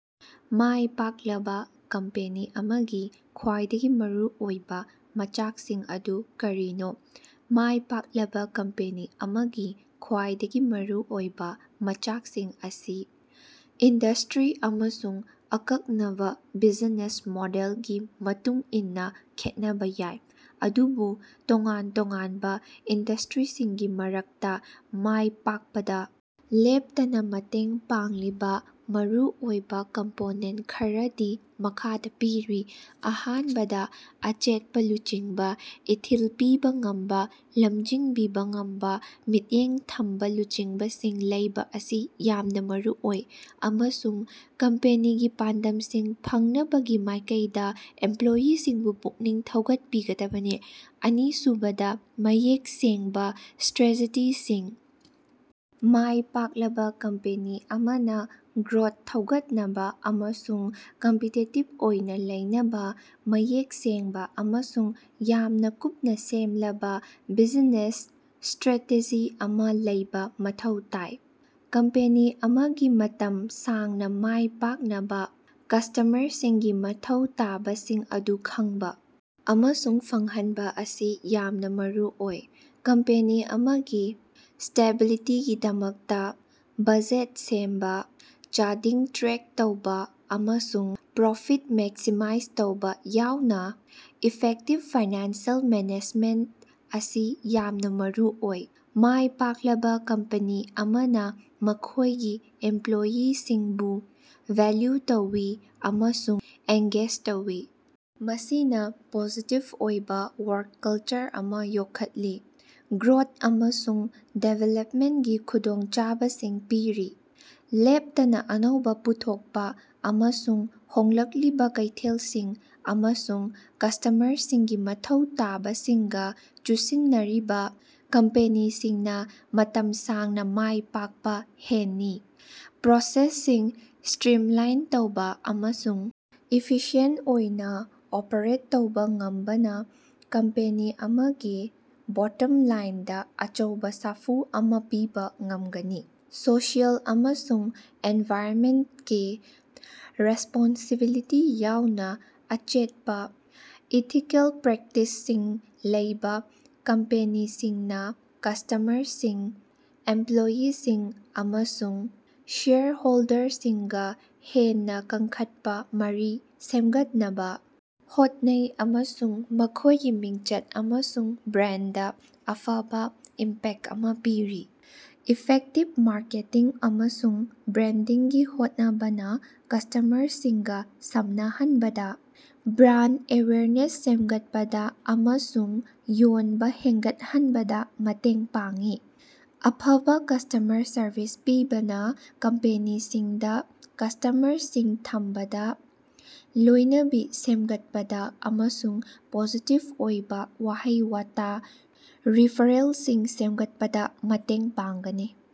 ꯃꯥꯏ ꯄꯥꯛꯂꯕꯥ ꯀꯝꯄꯦꯅꯤ ꯑꯃꯒꯤ ꯈ꯭ꯋꯥꯏꯗꯒꯤ ꯃꯔꯨꯑꯣꯏꯕꯥ ꯃꯆꯥꯛꯁꯤꯡ ꯑꯗꯨ ꯀꯔꯤꯅꯣ? ꯃꯥꯏ ꯄꯥꯛꯂꯕꯥ ꯀꯝꯄꯦꯅꯤ ꯑꯃꯒꯤ ꯈ꯭ꯋꯥꯏꯗꯒꯤ ꯃꯔꯨꯑꯣꯏꯕꯥ ꯃꯆꯥꯛꯁꯤꯡ ꯑꯁꯤ ꯏꯟꯗꯁꯇ꯭ꯔꯤ ꯑꯃꯁꯨꯡ ꯑꯀꯛꯅꯕꯥ ꯕꯤꯖꯤꯅꯦꯁ ꯃꯣꯗꯦꯜꯒꯤ ꯃꯇꯨꯡ ꯏꯟꯅꯥ ꯈꯦꯠꯅꯕꯥ ꯌꯥꯏ, ꯑꯗꯨꯕꯨ ꯇꯣꯉꯥꯟ ꯇꯣꯉꯥꯟꯕꯥ ꯏꯟꯗꯁꯇ꯭ꯔꯤꯁꯤꯡꯒꯤ ꯃꯔꯛꯇꯥ ꯃꯥꯏ ꯄꯥꯛꯄꯗꯥ ꯂꯦꯞꯇꯅꯥ ꯃꯇꯦꯡ ꯄꯥꯡꯂꯤꯕꯥ ꯃꯔꯨꯑꯣꯏꯕꯥ ꯀꯝꯄꯣꯅꯦꯟꯇ ꯈꯔꯗꯤ ꯃꯈꯥꯗꯥ ꯄꯤꯔꯤ: ꯑꯍꯥꯟꯕꯗ ꯑꯆꯦꯠꯄꯥ ꯂꯨꯆꯤꯡꯕꯥ, ꯏꯊꯤꯜ ꯄꯤꯕꯥ ꯉꯝꯕꯥ, ꯂꯃꯖꯤꯡꯕꯤꯕꯥ ꯉꯝꯕꯥ ꯃꯤꯠꯌꯦꯡ ꯊꯝꯕꯥ ꯂꯨꯆꯤꯡꯕꯁꯤꯡ ꯂꯩꯕꯥ ꯑꯁꯤ ꯌꯥꯝꯅꯥ ꯃꯔꯨꯑꯣꯏ꯫ꯑꯃꯁꯨꯡ ꯀꯝꯄꯦꯅꯤꯒꯤ ꯄꯥꯟꯗꯝꯁꯤꯡ ꯐꯪꯅꯕꯒꯤ ꯃꯥꯏꯀꯩꯗꯥ ꯏꯝꯄ꯭ꯂꯣꯏꯌꯤꯁꯤꯡꯕꯨ ꯄꯨꯛꯅꯤꯡ ꯊꯧꯒꯠꯄꯤꯒꯗꯕꯅꯤ꯫ ꯑꯅꯤꯁꯨꯕꯗꯥ ꯃꯌꯦꯛ ꯁꯦꯡꯕꯥ ꯏꯁꯇ꯭ꯔ꯭ꯦꯇꯦꯖꯤꯁꯤꯡ ꯃꯥꯏ ꯄꯥꯛꯂꯕꯥ ꯀꯝꯄꯦꯅꯤ ꯑꯃꯅꯥ ꯒ꯭ꯔꯣꯠ ꯊꯧꯒꯠꯅꯕꯥ ꯑꯃꯁꯨꯡ ꯀꯝꯄꯤꯇꯤꯇꯤꯞ ꯑꯣꯏꯅꯥ ꯂꯩꯅꯕꯥ ꯃꯌꯦꯛ ꯁꯦꯡꯕꯥ ꯑꯃꯁꯨꯡ ꯌꯥꯝꯅꯥ ꯀꯨꯞꯅꯥ ꯁꯦꯝꯂꯕꯥ ꯕꯤꯖꯤꯅꯦꯁ ꯏꯁꯇ꯭ꯔꯦꯇꯦꯖꯤ ꯑꯃꯥ ꯂꯩꯕꯥ ꯃꯊꯧ ꯇꯥꯏ꯫ ꯀꯝꯄꯦꯅꯤ ꯑꯃꯒꯤ ꯃꯇꯝ ꯁꯥꯡꯅꯥ ꯃꯥꯏ ꯄꯥꯛꯅꯕꯥ ꯀꯁꯇꯃꯔꯁꯤꯡꯒꯤ ꯃꯊꯧ ꯇꯥꯕꯁꯤꯡ ꯑꯗꯨ ꯈꯪꯕꯥ ꯑꯃꯁꯨꯡ ꯐꯪꯍꯟꯕꯥ ꯑꯁꯤ ꯌꯥꯝꯅꯥ ꯃꯔꯨꯑꯣꯏ꯫ ꯀꯝꯄꯦꯅꯤ ꯑꯃꯒꯤ ꯁꯁ꯭ꯇꯦꯅꯦꯕꯤꯂꯤꯇꯤꯒꯤꯗꯃꯛꯇꯥ ꯕꯖꯦꯠ ꯁꯦꯝꯕꯥ, ꯆꯥꯗꯤꯡ ꯇ꯭ꯔꯦꯛ ꯇꯧꯕꯥꯑꯃꯁꯨꯡ ꯄ꯭ꯔꯣꯐꯤꯠ ꯃꯦꯛꯁꯤꯃꯥꯏꯖ ꯇꯧꯕꯥ ꯌꯥꯎꯅꯥ ꯏꯐꯦꯛꯇꯤꯞ ꯐꯥꯏꯅꯥꯟꯁꯤꯑꯦꯜ ꯃꯦꯅꯦꯖꯃꯦꯟꯇ ꯑꯁꯤ ꯌꯥꯝꯅꯥ ꯃꯔꯨꯑꯣꯏ꯫ ꯃꯥꯏꯄꯥꯛꯂꯕꯥ ꯀꯝꯄꯅꯤ ꯑꯃꯅꯥ ꯃꯈꯣꯏꯒꯤ ꯏꯝꯄ꯭ꯂꯣꯏꯌꯤꯁꯤꯡꯕꯨ ꯚꯦꯜꯌꯨ ꯇꯧꯏ ꯑꯃꯁꯨꯡ ꯑꯦꯡꯒꯦꯖ ꯇꯧꯏ, ꯃꯁꯤꯅꯥ ꯄꯣꯖꯤꯇꯤꯞ ꯑꯣꯏꯕꯥ ꯋꯥꯔꯛ ꯀꯜꯆꯔ ꯑꯃꯥ ꯌꯣꯛꯈꯠꯂꯤ꯫ ꯒ꯭ꯔꯣꯠ ꯑꯃꯁꯨꯡ ꯗꯤꯚꯦꯂꯞꯃꯦꯟꯇꯒꯤ ꯈꯨꯗꯣꯡꯆꯥꯕꯁꯤꯡ ꯄꯤꯔꯤ꯫ ꯂꯦꯞꯇꯅꯥ ꯑꯅꯧꯕꯥ ꯄꯨꯊꯣꯛꯄꯥ ꯑꯃꯁꯨꯡ ꯍꯣꯡꯂꯛꯂꯤꯕꯥ ꯀꯩꯊꯦꯜꯁꯤꯡ ꯑꯃꯁꯨꯡ ꯀꯁꯇꯃꯔꯁꯤꯡꯒꯤ ꯃꯊꯧ ꯇꯥꯕꯁꯤꯡꯒꯥ ꯆꯨꯁꯤꯟꯅꯔꯤꯕꯥ ꯀꯝꯄꯦꯅꯤꯁꯤꯡꯅꯥ ꯃꯇꯝ ꯁꯥꯡꯅꯥ ꯃꯥꯏ ꯄꯥꯛꯄꯥ ꯍꯦꯟꯅꯤ꯫ ꯄ꯭ꯔꯣꯁꯦꯁꯁꯤꯡ ꯏꯁꯇ꯭ꯔꯤꯝꯂꯥꯏꯟ ꯇꯧꯕꯥ ꯑꯃꯁꯨꯡ ꯏꯐꯤꯁꯤꯌꯦꯟꯇ ꯑꯣꯏꯅꯥ ꯑꯣꯄ꯭ꯔꯦꯠ ꯇꯧꯕꯥ ꯉꯝꯕꯅꯥ ꯀꯝꯄꯦꯅꯤ ꯑꯃꯒꯤ ꯕꯣꯠꯇꯝ ꯂꯥꯏꯟꯗꯥ ꯑꯆꯧꯕꯥ ꯁꯥꯐꯨ ꯑꯃꯥ ꯄꯤꯕꯥ ꯉꯝꯒꯅꯤ꯫ ꯁꯣꯁꯤꯑꯦꯜ ꯑꯃꯁꯨꯡ ꯑꯦꯟꯚꯥꯏꯔꯟꯃꯦꯟꯇꯀꯤ ꯔꯦꯁꯄꯣꯟꯁꯤꯕꯤꯂꯤꯇꯤ ꯌꯥꯎꯅꯥ ꯑꯆꯦꯠꯄꯥ ꯏꯊꯤꯀꯦꯜ ꯄ꯭ꯔꯦꯛꯇꯤꯁꯁꯤꯡ ꯂꯩꯕꯥ ꯀꯝꯄꯦꯅꯤꯁꯤꯡꯅꯥ ꯀꯁꯇꯃꯔꯁꯤꯡ, ꯏꯝꯄ꯭ꯂꯣꯌꯤꯁꯤꯡ, ꯑꯃꯁꯨꯡ ꯁꯦꯌꯔ ꯍꯣꯜꯗꯔꯁꯤꯡꯒꯥ ꯍꯦꯟꯅꯥ ꯀꯟꯈꯠꯄꯥ ꯃꯔꯤ ꯁꯦꯝꯒꯠꯅꯕꯥ ꯍꯣꯠꯅꯩ ꯑꯃꯁꯨꯡ ꯃꯈꯣꯏꯒꯤ ꯃꯤꯡꯆꯠ ꯑꯃꯁꯨꯡ ꯕ꯭ꯔꯥꯟꯗꯗꯥ ꯑꯐꯕꯥ ꯏꯝꯄꯦꯛꯇ ꯑꯃꯥ ꯄꯤꯔꯤ꯫ ꯏꯐꯦꯛꯇꯤꯕ ꯃꯥꯔꯀꯦꯇꯤꯡ ꯑꯃꯁꯨꯡ ꯕ꯭ꯔꯥꯟꯗꯤꯡꯒꯤ ꯍꯣꯠꯅꯕꯅꯥ ꯀꯁꯇꯃꯔꯁꯤꯡꯒꯥ ꯁꯝꯅꯍꯟꯕꯗꯥ, ꯕ꯭ꯔꯥꯟꯗ ꯑꯦꯋꯦꯌꯔꯅꯦꯁ ꯁꯦꯝꯒꯠꯄꯗꯥ ꯑꯃꯁꯨꯡ ꯌꯣꯟꯕꯥ ꯍꯦꯟꯒꯠꯍꯟꯕꯗꯥ ꯃꯇꯦꯡ ꯄꯥꯡꯏ꯫ ꯑꯐꯕꯥ ꯀꯁꯇ꯭ꯃꯔ ꯁꯔꯕꯤꯁ ꯄꯤꯕꯅꯥ ꯀꯝꯄꯦꯅꯤꯁꯤꯡꯗꯥ ꯀꯁꯇꯃꯔꯁꯤꯡ ꯊꯝꯕꯗꯥ, ꯂꯣꯏꯅꯕꯤ ꯁꯦꯝꯒꯠꯄꯗꯥ ꯑꯃꯁꯨꯡ ꯄꯣꯖꯤꯇꯤꯞ ꯑꯣꯏꯕꯥ ꯋꯥꯍꯩ-ꯋꯥꯇꯥ ꯔꯤꯐꯔꯦꯜꯁꯤꯡ ꯁꯦꯝꯒꯠꯄꯗꯥ ꯃꯇꯦꯡ ꯄꯥꯡꯒꯅꯤ꯫